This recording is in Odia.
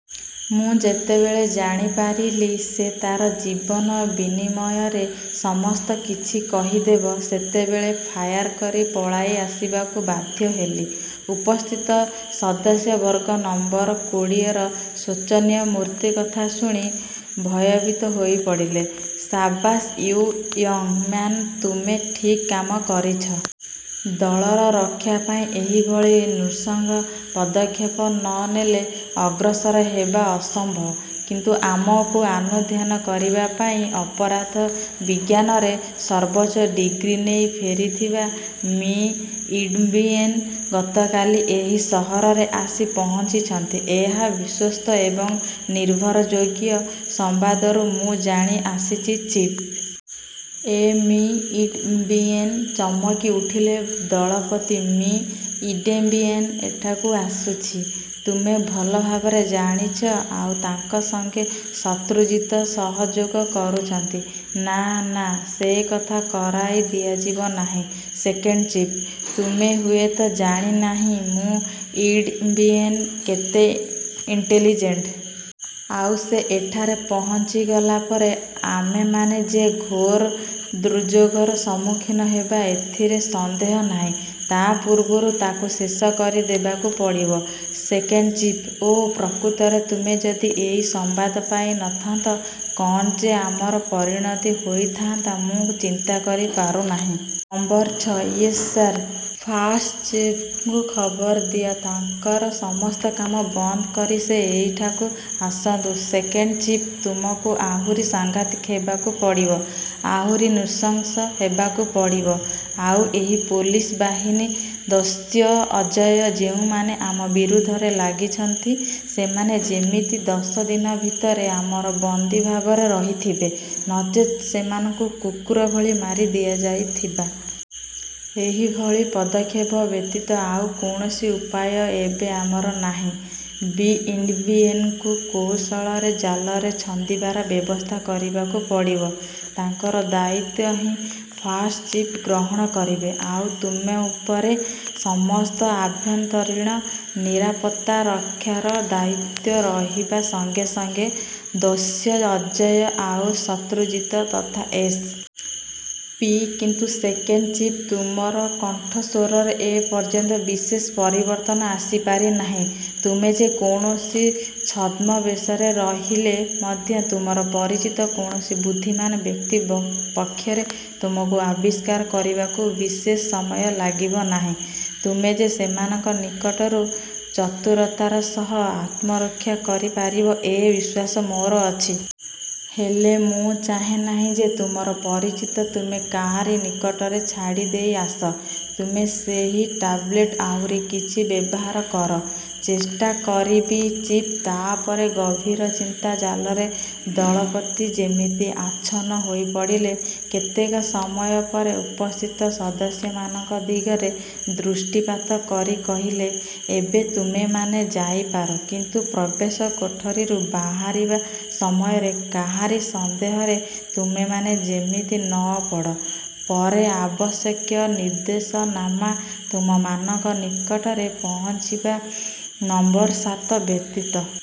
ମୁଁ ଯେତେବେଳେ ଜଣିପାରିଲି ସେ ତାର ଜୀବନ ବିନିମୟରେ ସମସ୍ତ କିଛି କହିଦେବ, ସେତେବେଳେ ଫାୟାର୍ କରି ପଳାଇ ଆସିବାକୁ ବାଧ୍ୟ ହେଲି। ଉପସ୍ଥିତ ସଦସ୍ୟବର୍ଗ ନମ୍ବର କୋଡ଼ିଏର ଶୋଚନୀୟ ମୃତ୍ୟୁ କଥା ଶୁଣି ଭୟଭୀତ ହୋଇପଡ଼ିଲେ। ସାବାସ୍ ୟୁ ୟଙ୍ଗ୍ ମ୍ୟାନ୍। ତୁମେ ଠିକ୍ କାମ କରିଛ। ଦଳର ରକ୍ଷା ପାଇଁ ଏହିଭଳି ନୃଶଂସ ପଦକ୍ଷେପ ନ ନେଲେ ଅଗ୍ରସର ହେବା ଅସମ୍ବବ। କିନ୍ତୁ ଆମକୁ ଆନୁଧ୍ୟାନ କରିବା ପାଇଁ ଅପରାଧ ବିଜ୍ଞାନରେ ସର୍ବୋଚ୍ଚ ଡିଗ୍ରୀ ନେଇ ଫେରିଥିବା ମି: ଇଡମ୍ବିଏନ୍ ଗତକାଲି ଏହି ସହରରେ ଆସି ପହଞ୍ଚିଛନ୍ତି। ଏହା ବିଶ୍ୱସ୍ତ ଏବଂ ନିର୍ଭରଯୋଗ୍ୟ ସମ୍ବାଦରୁ ମୁଁ ଜାଣି ଆସିଛି, ଚିଫ୍। ଏଁ ମି: ଇଡମ୍ବିଏନ୍। ଚମକି ଉଠିଲେ ଦଳପତି। ମି: ଇଡେମ୍ବିଏନ୍ ଏଠାକୁ ଆସୁଛି? ତୁମେ ଭଲ ଭାବେରେ ଜାଣିଛ? ଆଉ ତାଙ୍କ ସଙ୍ଗେ ଶତ୍ରୁଜିତ ସହଯୋଗ କରୁଛନ୍ତି। ନା, ନା, ସେ କଥା କରାଇ ଦିଆଯିବ ନାହିଁ ସେକେଣ୍ଡ ଚିଫ୍। ତୁମେ ହୁଏତ ଜାଣି ନାହଁ ମି: ଇଡମ୍ବିଏନ୍ କେତେ ଇଣ୍ଟେଲିଜେଣ୍ଟ୍। ଆଉ ସେ ଏଠାରେ ପହଞ୍ଚିଗଲା ପରେ ଆମେମାନେ ଯେ ଘୋର ଦୁର୍ଯୋଗର ସମ୍ମୁଖୀନ ହେବା ଏଥିରେ ସନ୍ଦେହ ନାହିଁ। ତା ପୂର୍ବରୁ ତାକୁ ଶେଷ କରି ଦେବାକୁ ପଡ଼ିବ, ସେକେଣ୍ଡ ଚିଫ୍। ଓଃ, ପ୍ରକୃତରେ ତୁମେ ଯଦି ଏହି ସମ୍ବାଦ ପାଇ ନଥାନ୍ତ, କ'ଣ ଯେ ଆମର ପରିଣତି ହୋଇଥାଆନ୍ତା, ମୁଁ ଚିନ୍ତା କରିପାରୁ ନାହିଁ। ନମ୍ବର ଛ'-. Yes sir. ଫାଷ୍ଟ ଚିଫ୍ଙ୍କୁ ଖବର ଦିଅ। ତାଙ୍କର ସମସ୍ତ କାମ ବନ୍ଦ କରି ସେ ଏହିଠାକୁ ଆସନ୍ତୁ। Second chief. ତୁମକୁ ଆହୁରି ସଙ୍ଘାତିକ ହେବାକୁ ପଡ଼ିବ, ଆହୁରି ନୃଶଂସ ହେବାକୁ ପଡ଼ିବ। ଆଉ ଏହି ପୋଲିସ ବାହିନୀ, ଦସ୍ୟୁ ଅଜୟ-ଯେଉଁମାନେ ଆମ ବିରୁଦ୍ଧରେ ଲାଗିଛନ୍ତି, ସେମାନେ ଯେମିତି ଦଶ ଦିନ ଭିତରେ ଆମର ବନ୍ଦୀ ଭାବରେ ରହିଥିବେ; ନଚେତ୍ ସୋମାନଙ୍କୁ କୁକୁର ଭଳି ମାରି ଦିଆଯାଇଥିବ। ଏହି ଭଳି ପଦକ୍ଷେପ ବ୍ୟତୀତ ଆଉ କୌଣସି ଉପାୟ ଏବେ ଆମର ନାହିଁ-। ମି: ଇଡମ୍ବିଏନଙ୍କୁ କୌଶଳରେ ଜାଲରେ ଛନ୍ଦିବାର ବ୍ୟବସ୍ଥା କରିବାକୁ ପଡ଼ିବ। ତାଙ୍କର ଦାୟିତ୍ୱ ହିଁ ଫାଷ୍ଟ୍ ଚିଫ୍ ଗ୍ରହଣ କରିବେ। ଆଉ ତୁମ ଉପରେ ସମସ୍ତ ଆଭ୍ୟନ୍ତରୀଣ ନିରାପତ୍ତା ରକ୍ଷାର ଦାୟିତ୍ୱ ରହିବା ସଙ୍ଗେ ସଙ୍ଗେ ଦସ୍ୟୁ ଅଜୟ ଆଉ ଶତ୍ରୁଜିତ ତଥା ଏସ୍. ପି କିନ୍ତୁ ସେକେଣ୍ଡ ଚିଫ୍, ତୁମର କଣ୍ଠସ୍ୱରରେ ଏ ପର୍ଯ୍ୟନ୍ତ ବିଶେଷ ପରିବର୍ତ୍ତନ ଆସିପାରି ନାହିଁ। ତୁମେ ଯେ କୌଣସି ଛଦ୍ମ ବେଶରେ ରହିଲେ ମଧ୍ୟ ତୁମର ପରିଚିତ କୌଣସି ବୁଦ୍ଧିମାନ ବ୍ୟକ୍ତି ପକ୍ଷରେ ତୁମକୁ ଆବିଷ୍କାର କରିବାକୁ ବିଶେଷ ସମୟ ଲାଗିବ ନାହିଁ। ତୁମେ ଯେ ସେମାନଙ୍କ ନିକଟରୁ ଚତୁରତାର ସହ ଆତ୍ମରକ୍ଷା କରି ପାରିବ ଏ ବିଶ୍ୱାସ ମୋର ଅଛି। ହେଲେ, ମୁଁ ଚାହେଁ ନାହିଁ ଯେ ତୁମର ପରିଚିତ ତୁମେ କାହାରି ନିକଟରେ ଛାଡ଼ିଦେଇ ଆସ। ତୁମେ ସେହି ଟାବଲେଟ୍ ଆହୁରି କିଛି ବ୍ୟବହାର କର। ଚେଷ୍ଟା କରିବି, ଚିଫ୍ ତା ପରେ ଗଭୀର ଚିନ୍ତା ଜାଲରେ ଦଳପତି ଯେମିତି ଆଚ୍ଛନ୍ନ ହୋଇପଡ଼ିଲେ। କେତେକ ସମୟ ପରେ ଉପସ୍ଥିତ ସଦସ୍ୟମାନଙ୍କ ଦିଗରେ ଦୃଷ୍ଟିପାତ କରି କହିଲେ-ଏବେ ତୁମେମାନେ ଯାଇପାର; କିନ୍ତୁ ପ୍ରବେଶ କୋଠରିରୁ ବାହାରିବା ସମୟରେ କାହାରି ସନ୍ଦେହରେ ତୁମେମାନେ ଯେମିତି ନ ପଡ଼। ପରେ ଆବଶ୍ୟକୀୟ ନିର୍ଦ୍ଦେଶନାମା ତୁମମାନଙ୍କ ନିକଟରେ ପହଞ୍ଚିବ। ନମ୍ବର ସାତ ବ୍ୟତୀତ